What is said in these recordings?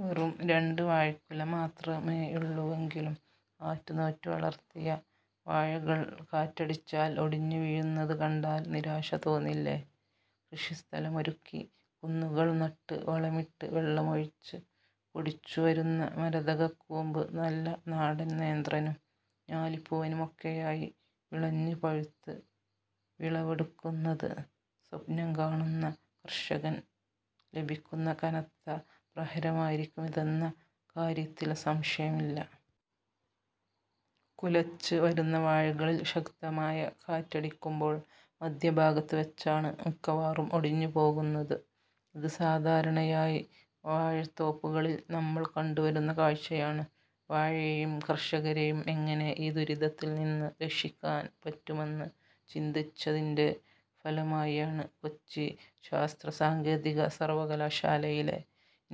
വെറും രണ്ട് വാഴക്കുല മാത്രമേയുള്ളുവെങ്കിലും ആറ്റുനോറ്റു വളര്‍ത്തിയ വാഴകള്‍ കാറ്റടിച്ചാൽ ഒടിഞ്ഞു വീഴുന്നത് കണ്ടാല്‍ നിരാശ തോന്നില്ലേ? കൃഷിസ്ഥലമൊരുക്കി കുന്നുകള്‍ നട്ട് വളമിട്ട് വെള്ളമൊഴിച്ച് പൊടിച്ചു വരുന്ന മരതകക്കൂമ്പ് നല്ല നാടന്‍ നേന്ത്രനും ഞാലിപ്പൂവനുമൊക്കെയായി വിളഞ്ഞ് പഴുത്ത് വിളവെടുക്കുന്നത് സ്വപ്നം കാണുന്ന കര്‍ഷകന്‍ ലഭിക്കുന്ന കനത്ത പ്രഹരമായിരിക്കുമിതെന്ന കാര്യത്തില്‍ സംശയമില്ല. കുലച്ച് വരുന്ന വാഴകളിൽ ശക്തമായ കാറ്റടിക്കുമ്പോള്‍ മധ്യഭാഗത്ത് വെച്ചാണ് മിക്കവാറും ഒടിഞ്ഞുപോകുന്നത്. ഇത് സാധാരണയായി വാഴത്തോപ്പുകളില്‍ നമ്മള്‍ കണ്ടുവരുന്ന കാഴ്ചയാണ്. വാഴയെയും കര്‍ഷകരെയും എങ്ങനെ ഈ ദുരിതത്തില്‍ നിന്ന് രക്ഷിക്കാന്‍ പറ്റുമെന്ന് ചിന്തിച്ചതിന്‍റെ ഫലമായാണ് കൊച്ചി ശാസ്ത്രസാങ്കേതിക സര്‍വകലാശാലയിലെ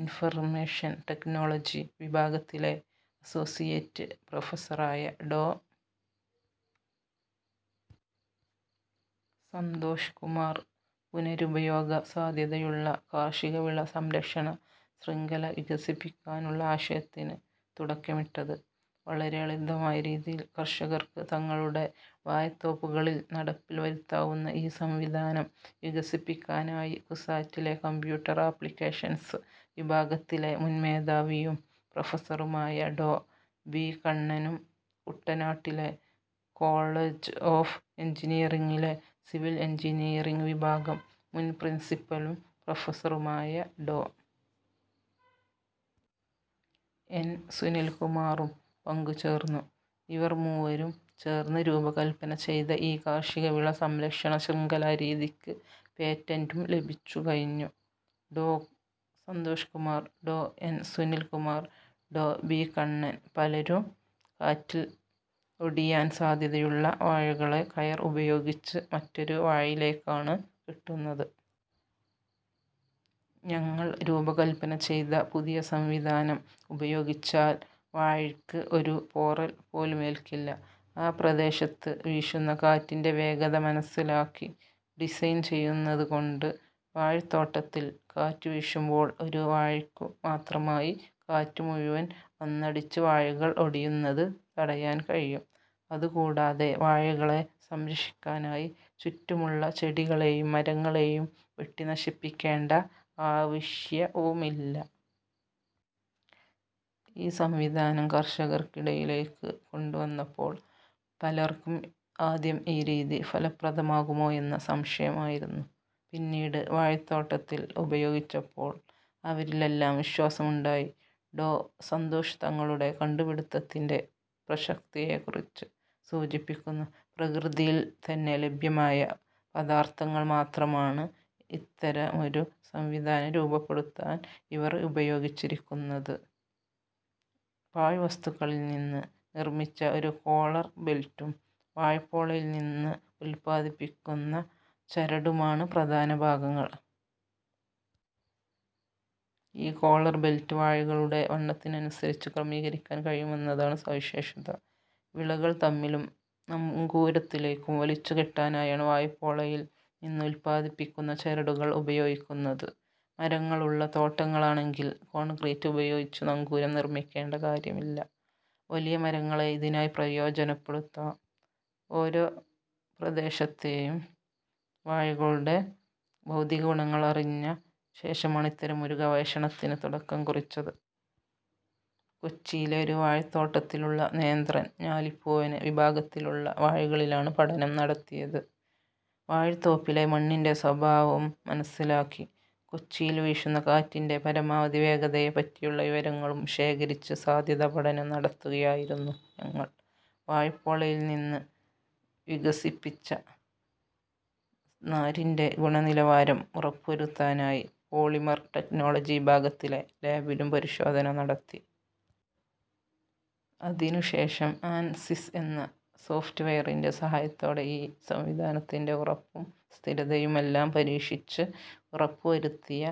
ഇന്‍ഫര്‍മേഷൻ ടെക്നോളജി വിഭാഗത്തിലെ അസോസിയേറ്റ് പ്രൊഫസറായ ഡോ. സന്തോഷ് കുമാര്‍ പുനരുപയോഗ സാധ്യതയുള്ള കാര്‍ഷിക വിള സംരക്ഷണ ശ്യംഖല വികസിപ്പിക്കാനുള്ള ആശയത്തിന് തുടക്കമിട്ടത്. വളരെ ലളിതമായ രീതിയില്‍ കര്‍ഷകര്‍ക്ക് തങ്ങളുടെ വാഴത്തോപ്പുകളില്‍ നടപ്പില്‍ വരുത്താവുന്ന ഈ സംവിധാനം വികസിപ്പിക്കാനായി കുസാറ്റിലെ കമ്പ്യൂട്ടര്‍ ആപ്ലിക്കേഷൻസ് വിഭാഗത്തിലെ മുന്‍ മേധാവിയും പ്രൊഫസറുമായ ഡോ. ബി കണ്ണനും കുട്ടനാട്ടിലെ കോളജ് ഓഫ് എഞ്ചിനീയറിങ്ങിലെ സിവില്‍ എഞ്ചിനീയറിങ്ങ് വിഭാഗം മുന്‍ പ്രിന്‍സിപ്പലും പ്രൊഫസറുമായ ഡോ. എന്‍. സുനില്‍ കുമാറും പങ്കുചേര്‍ന്നു. ഇവര്‍ മൂവരും ചേര്‍ന്ന് രൂപകല്പന ചെയ്ത ഈ കാര്‍ഷിക വിള സംരക്ഷണ ശ്യംഖലാ രീതിക്ക് പേറ്റന്‍റും ലഭിച്ചു കഴിഞ്ഞു. ഡോ. സന്തോഷ് കുമാർ, ഡോ. എൻ. സുനിൽ കുമാർ, ഡോ. ബി. കണ്ണൻ ' പലരും കാറ്റില്‍ ഒടിയാന്‍ സാധ്യതയുള്ള വാഴകളെ കയര്‍ ഉപയോഗിച്ച് മറ്റൊരു വാഴയിലേക്കാണ് കെട്ടുന്നത്. ഞങ്ങള്‍ രൂപകല്‍പ്പന ചെയ്ത പുതിയ സംവിധാനം ഉപയോഗിച്ചാല്‍ വാഴയ്ക്ക് ഒരു പോറല്‍ പോലുമേൽക്കില്ല. ആ പ്രദേശത്ത് വീശുന്ന കാറ്റിന്‍റെ വേഗത മനസിലാക്കി ഡിസൈൻ ചെയ്യുന്നതുകൊണ്ട് വാഴത്തോട്ടത്തിൽ കാറ്റുവീശുമ്പോൾ ഒരു വാഴയ്ക്കു മാത്രമായി കാറ്റ് മുഴുവന്‍ വന്നടിച്ച് വാഴകള്‍ ഒടിയുന്നത് തടയാന്‍ കഴിയും. അതുകൂടാതെ വാഴകളെ സംരക്ഷിക്കാനായി ചുറ്റുമുള്ള ചെടികളെയും മരങ്ങളെയും വെട്ടി നശിപ്പിക്കേണ്ട ആവശ്യവുമില്ല. ഈ സംവിധാനം കർഷകർക്കിടയിലേക്ക് കൊണ്ടുവന്നപ്പോള്‍ പലര്‍ക്കും ആദ്യം ഈ രീതി ഫലപ്രദമാകുമോയെന്ന സംശയമായിരുന്നു. പിന്നീട് വാഴത്തോട്ടത്തിൽ ഉപയോഗിച്ചപ്പോള്‍ അവരിലെല്ലാം വിശ്വാസമുണ്ടായി ' ഡോ. സന്തോഷ് തങ്ങളുടെ കണ്ടുപിടുത്തത്തിന്‍റെ പ്രസക്തിയെക്കുറിച്ച് സൂചിപ്പിക്കുന്നു. പ്രകൃതിയില്‍ തന്നെ ലഭ്യമായ പദാർത്തങ്ങൾ മാത്രമാണ് ഇത്തരമൊരു സംവിധാനം രൂപപ്പെടുത്താൻ ഇവര്‍ ഉപയോഗിച്ചിരിക്കുന്നത്. പാഴ് വസ്തുക്കളില്‍ നിന്ന് നിര്‍മിച്ച ഒരു കോളർ ബെൽറ്റും വാഴപ്പോളയില്‍ നിന്ന് ഉത്പാദിപ്പിക്കുന്ന ചരടുമാണ് പ്രധാന ഭാഗങ്ങള്‍. ഈ കോളർ ബെൽറ്റ് വാഴകളുടെ വണ്ണത്തിനനുസരിച്ച് ക്രമീകരിക്കാന്‍ കഴിയുമെന്നതാണ് സവിശേഷത. വിളകള്‍ തമ്മിലും നങ്കൂരത്തിലേക്കും വലിച്ചു കെട്ടാനായാണ് വാഴപ്പോളയില്‍ നിന്ന് ഉത്പാദിപ്പിക്കുന്ന ചരടുകള്‍ ഉപയോഗിക്കുന്നത്. മരങ്ങളുള്ള തോട്ടങ്ങളാണെങ്കിൽ കോണ്ക്രീറ്റ് ഉപയോഗിച്ച് നങ്കൂരം നിര്‍മിക്കേണ്ട കാര്യമില്ല. വലിയ മരങ്ങളെ ഇതിനായി പ്രയോജനപ്പെടുത്താം. ' ഓരോ പ്രദേശത്തെയും വാഴകളുടെ ഭൗതിക ഗുണങ്ങള്‍ അറിഞ്ഞ ശേഷമാണ് ഇത്തരമൊരു ഗവേഷണത്തിന് തുടക്കം കുറിച്ചത്. കൊച്ചിയിലെ ഒരു വാഴത്തോട്ടത്തിലുള്ള നേന്ത്രൻ, ഞാലിപ്പൂവന് വിഭാഗത്തിലുള്ള വാഴകളിലാണ് പഠനം നടത്തിയത്. വാഴത്തോപ്പിലെ മണ്ണിന്‍റെ സ്വഭാവവും മനസിലാക്കി. കൊച്ചിയില്‍ വീശുന്ന കാറ്റിന്‍റെ പരമാവധി വേഗതയെപ്പറ്റിയുള്ള വിവരങ്ങളും ശേഖരിച്ച് സാധ്യതാ പഠനം നടത്തുകയായിരുന്നു ഞങ്ങള്‍. വാഴപ്പോളയില്‍ നിന്ന് വികസിപ്പിച്ച നാരിന്‍റെ ഗുണനിലവാരം ഉറപ്പുവരുത്താനായി പോളിമർ ടെക്നോളജി വിഭാഗത്തിലെ ലാബിലും പരിശോധന നടത്തി. അതിനുശേഷം ആന്സിസ് എന്ന സോഫ്റ്റ് വെയറിന്റെ സഹായത്തോടെ ഈ സംവിധാനത്തിന്‍റെ ഉറപ്പും സ്ഥിരതയുമെല്ലാം പരീക്ഷിച്ച് ഉറപ്പുവരുത്തിയ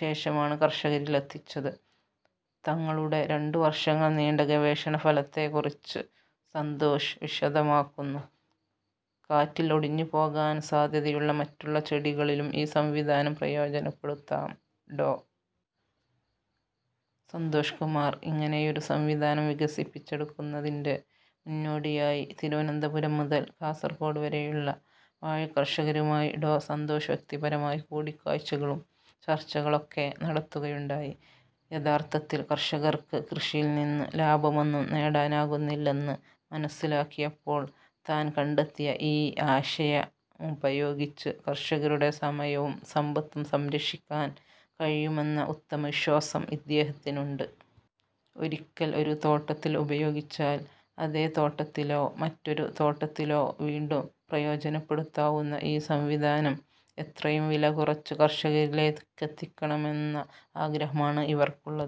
ശേഷമാണ് കർഷകരിലെത്തിച്ചത് ' തങ്ങളുടെ രണ്ടു വര്‍ഷങ്ങള്‍ നീണ്ട ഗവേഷണ ഫലത്തെക്കുറിച്ച് സന്തോഷ് വിശദമാക്കുന്നു. കാറ്റിൽ ഒടിഞ്ഞു പോകാൻ സാധ്യതയുള്ള മറ്റുള്ള ചെടികളിലും ഈ സംവിധാനം പ്രയോജനപ്പെടുത്താം. ഡോ. സന്തോഷ് കുമാർ ഇങ്ങനെയൊരു സംവിധാനം വികസിപ്പിച്ചെടുക്കുന്നതിന്റെ മുന്നോടിയായി തിരുവനന്തപുരം മുതല്‍ കാസര്‍കോട് വരെയുള്ള വാഴക്കർഷകരുമായി ഡോ. സന്തോഷ് വ്യക്തിപരമായി കൂടിക്കാഴ്ചകളും ചര്‍ച്ചകളൊക്കെ നടത്തുകയുണ്ടായി. യഥാര്‍ഥത്തിൽ കര്‍ഷകര്‍ക്ക് കൃഷിയില്‍ നിന്ന് ലാഭമൊന്നും നേടാനാകുന്നില്ലെന്ന് മനസിലാക്കിയപ്പോള്‍ താന്‍ കണ്ടെത്തിയ ഈ ആശയമുപയോഗിച്ച് കര്‍ഷകരുടെ സമയവും സമ്പത്തും സംരക്ഷിക്കാന്‍ കഴിയുമെന്ന ഉത്തമ വിശ്വാസം ഇദ്ദേഹത്തിനുണ്ട്. ഒരിക്കല്‍ ഒരു തോട്ടത്തില്‍ ഉപയോഗിച്ചാല്‍ അതേ തോട്ടത്തിലോ മറ്റൊരു തോട്ടത്തിലോ വീണ്ടും പ്രയോജനപ്പെടുത്താവുന്ന ഈ സംവിധാനം എത്രയും വില കുറച്ച് കർഷകരിലേക്കെത്തിക്കണമെന്ന ആഗ്രഹമാണ് ഇവർക്കുള്ളത്.